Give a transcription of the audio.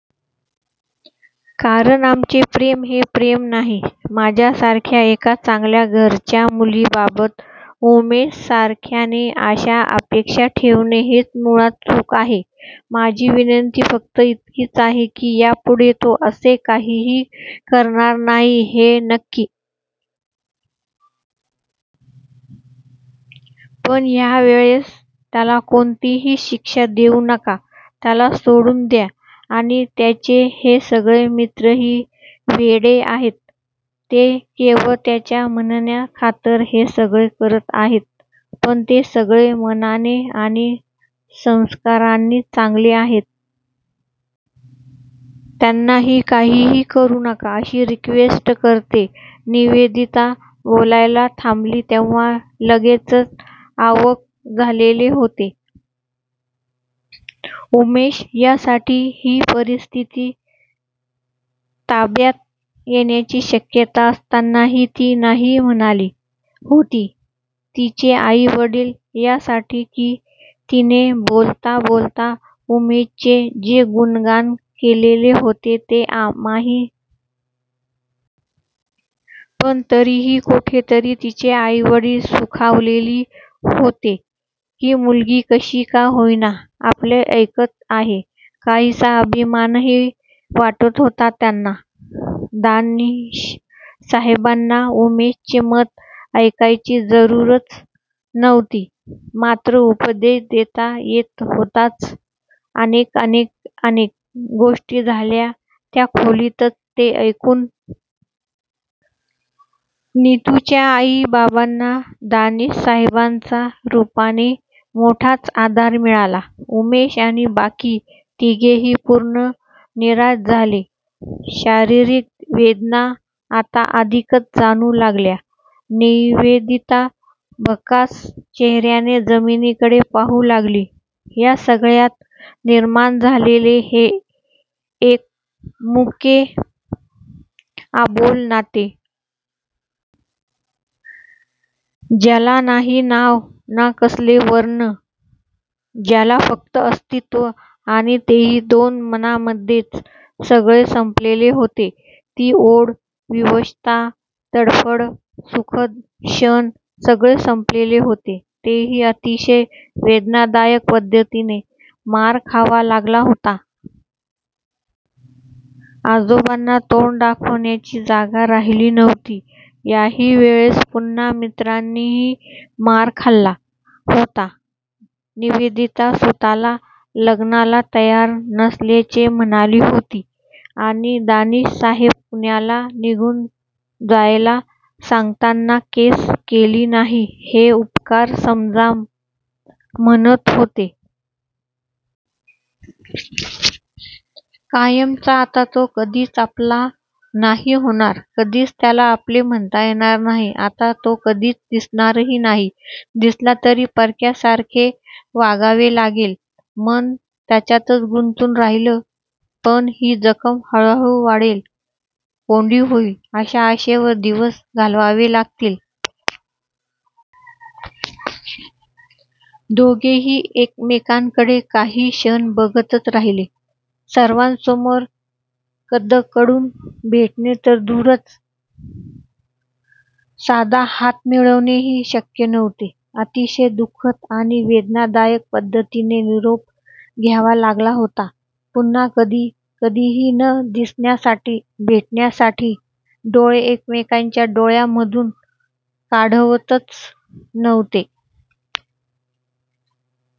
कारण आमचे प्रेम हे प्रेम नाही. माझ्यासारख्या एका चांगल्या घरच्या मुलीबाबत उमेशसारख्याने अशा अपेक्षा ठेवणे हेच मुळात चूक आहे. माझी विनंती फक्त इतकीच आहे की यापुढे तो असे काहीही करणार नाही हे नक्की. पण ह्यावेळेस त्याला कोणतीही शिक्षा देऊ नका. त्याला सोडून द्या आणि त्याचे हे सगळे मित्रही वेडे आहेत. ते केवळ त्याच्या म्हणण्याखातर हे सगळे करत आहेत. पण ते सगळे मनाने आणि संस्कारांनी चांगले आहेत. त्यांनाही काहीही करू नका अशी रिक्वेस्ट करते. निवेदिता बोलायला थांबली तेव्हा सगलेच अवाक झालेले होते. उमेश यासाठी की परिस्थिती ताब्यात येण्याची शक्यता असतानाही ती नाही म्हणाली होती. तिचे आई वडील यासाठी की तिने बोलता बोलता उमेशचे जे गुणगान केलेले होते ते माहीत असलेल्या आई बापांनी मुलीला सरळ अशा घरी देऊन टाकली असती हे उघड होते. पण तरीही कोठेतरी तिचे आईवडील सुखावलेही होते की मुलगी कशी का होईना आपले ऐकत आहे. काहीसा अभिमानही वाटत होता त्यांना! दानिशसाहेबांना उमेशचे मत ऐकायची जरूरच नव्हती. मात्र उपदेश देता येत होताच. अनेक अनेक अनेक गोष्टी झाल्या त्या खोलीत ते ऐकून! नितुच्या आई बाबांना दानिशसाहेबांच्या रुपाने मोठाच आधार मिळाला. उमेश आणि बाकी तिघेही पूर्ण निराश झाले. शारिरीक वेदना आता अधिकच जाणवू लागल्या. निवेदिता भकास चेहर्याने जमीनीकडे पाहू लागली. या सगळ्यात निर्माण झालेले एक मुके, अबोल नाते! ज्याला नाही नाव ना कसले वर्णन! ज्याला फक्त अस्तित्व आणि तेही दोन मनामध्येच! सगळे संपलेले होते. ती ओढ, विवशता, तडफड, सुखद क्षण सगळे संपलेले होते. तेही अतिशय वेदनादायक पद्धतीने! मार खावा लागला होता. आजोबांना तोंड दाखवण्याची जागा राहिली नव्हती. याही वेळेस पुन्हा मित्रांनीही मार खाल्ला होता. निवेदिता स्वतःच लग्नाला तयार नसल्याचे म्हणाली होती. आणि दानिशसाहेब पुण्याला निघून जायला सांगताना केस केली नाही हे उपकार समजा म्हणत होते. कायमचा! आता तो कधीच आपला नाही होणार! कधीच त्याला आपले म्हणता येणार नाही. आता तो कधीच दिसणारही नाही. दिसला तरी परक्यासारखे वागावे लागेल. मन त्याच्यातच गुंतून राहील. पण ही जखम ह्ळूहळू वालेल, कोर्डी होईल अशा आशेवर दिवस घालवावे लागतील. दोघेही एकमेकांकडे काही क्षण बघतच राहिले. सर्वांसमोर कदकडून भेटने तर दूरच, साधा हात मिळवणेही शक्य नव्हते. अतिशय दु:खद आणि वेदनादायक पद्धतीने निरोप घ्यावा लागत होता. पुन्हा कधी कधीही न दिसण्यासाठी, भेटण्यासाठी! डोळे एकमेकांच्या डोळ्यांमधून काढवतच नव्हते. तेवढ्यात दानिशसाहेबांचा